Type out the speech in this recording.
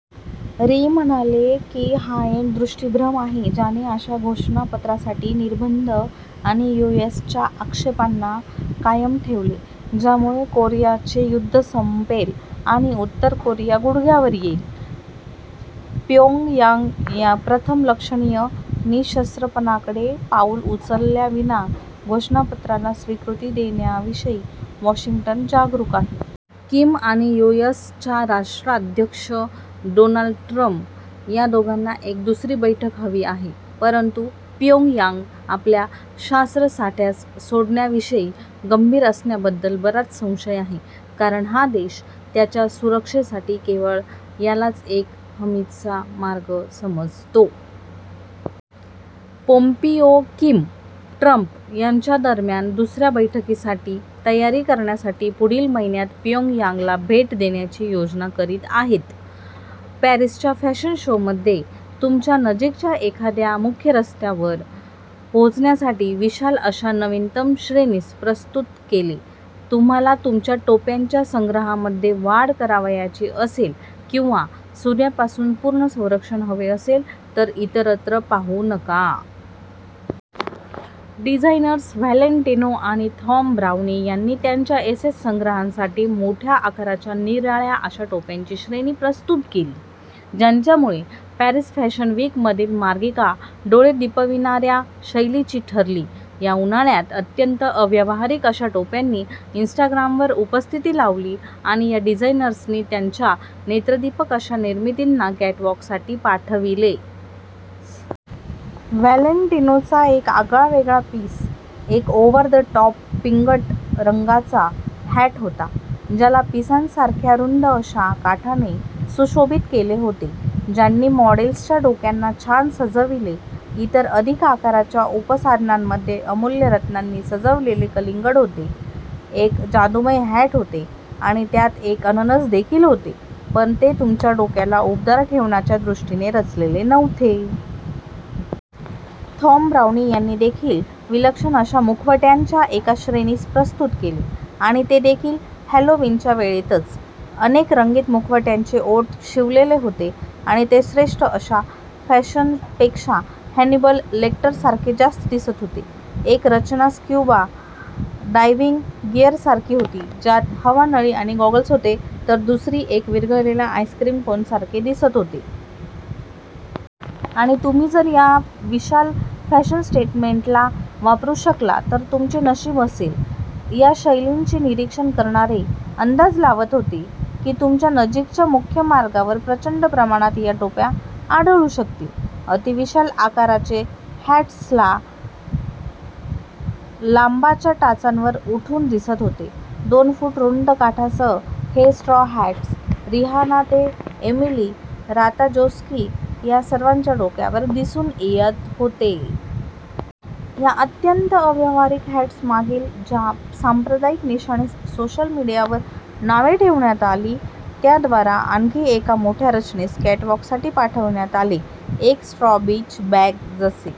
री म्हणाले की हा एक "दृष्टीभ्रम" आहे, ज्याने अशा घोषणापत्रासाठी निर्बंध आणि यू. एस. च्या आक्षेपांना कायम ठेवले, ज्यामुळे कोरियाचे युद्ध संपेल आणि उत्तर कोरिया गुडघ्यावर येईल. प्योंगयांग प्रथम लक्षणीय निःशस्त्रपणाकडे पाऊल उचलल्याविना घोषणापत्राला स्वीकृती देण्याविषयी वाशिंग्टन जागरूक आहे. किम आणि यू. एस. च्या राष्ट्राध्यक्ष डोनाल्ड ट्रम्प या दोघांना एक दुसरी बैठक हवी आहे. परंतु प्योंगयांग आपल्या शास्त्रसाठ्यास सोडण्याविषयी गंभीर असण्याबद्दल बराच संशय आहे, कारण हा देश त्याच्या सुरक्षेसाठी केवळ यालाच एक हमीचा मार्ग समजतो. पोम्पिओ किम-ट्रम्प यांच्यादरम्यान दुसऱ्या बैठकीसाठी तयारी करण्यासाठी पुढील महिन्यात प्योंगयांगला भेट देण्याची योजना करीत आहेत. पॅरिसच्या फॅशन शोमध्ये तुमच्या नजीकच्या एखाद्या मुख्य रस्त्यावर पोहोचण्यासाठी विशाल अशा नवीनतम श्रेणीस प्रस्तुत केले. तुम्हाला तुमच्या टोप्यांच्या संग्रहामध्ये वाढ करावयाची असेल किंवा सूर्यापासून पूर्ण संरक्षण हवे असेल तर इतरत्र पाहू नका. डिझाईनर्स व्हॅलेंटिनो आणि थॉम ब्राउनी यांनी त्यांच्या एसएस संग्रहांसाठी मोठ्या आकाराच्या निराळ्या अशा टोप्यांची श्रेणी प्रस्तुत केली, ज्यांच्यामुळे पॅरिस फॅशन विकमधील मार्गिका डोळे दिपविणाऱ्या शैलीची ठरली या उन्हाळ्यात अत्यंत अव्यावहारिक अशा टोप्यांनी इन्स्टाग्रामवर उपस्थिती लावली आणि या डिझाईनर्सनी त्यांच्या नेत्रदीपक अशा निर्मितींना कॅटवाकसाठी पाठविले. व्हॅलेंटिनोचा एक आगळावेगळा पीस एक ओव्हर-द-टॉप पिंगट रंगाचा हॅट होता, ज्याला पिसांसारख्या रुंद अशा काठाने सुशोभित केले होते, ज्यांनी मॉडेल्सच्या डोक्यांना छान सजविले. इतर अधिक आकाराच्या उपसाधनांमध्ये अमुल्य रत्नांनी सजविलेले कलिंगड होते, एक जादूमय हॅट होते आणि त्यात एक अननस देखील होते – पण ते तुमच्या डोक्याला उबदार ठेवण्याच्या दृष्टीने रचलेले नव्हते. थॉम ब्राउनी यांनी देखील विलक्षण अशा मुखवट्यांच्या एका श्रेणीस प्रस्तुत केले- आणि ते देखील हॅलोविनच्या वेळेतच. अनेक रंगीत मुखवट्यांचे ओठ शिवलेले होते आणि ते श्रेष्ठ अशा फॅशनपेक्षा हॅनिबल लेक्टरसारखे जास्त दिसत होते. एक रचना स्क्युबा डायव्हिंग गियरसारखी होती, ज्यात हवानळी आणि गॉगल्स होते, तर दुसरे एक विरघळलेल्या आईसक्रीम कोनसारखे दिसत होते. आणि तुम्ही जर या विशाल फॅशन स्टेटमेंटला वापरू शकला- तर तुमचे नशीब असेल. या शैलींचे निरीक्षण करणारे अंदाज लावत होते की तुमच्या नजीकच्या मुख्य मार्गावर प्रचंड प्रमाणात या टोप्या आढळू शकतील. अति-विशाल आकाराचे हॅट्स 'ला लांबा'च्या टाचांवर उठून दिसत होते, दोन-फूट रुंद काठासह हे स्ट्रॉ हॅट्स, रिहाना ते एमिली राताजोस्की या सर्वांच्या डोक्यावर दिसून येत होते. या अत्यंत अव्यावहारिक हॅट्समागील ज्या सांप्रदायिक निशाणीस सोशल मिडीयावर नावे ठेवण्यात आली, त्याद्वारा आणखी एका मोठ्या रचनेस कॅटवाकसाठी पाठविण्यात आले- एक स्ट्रॉ बीच बॅग, जसे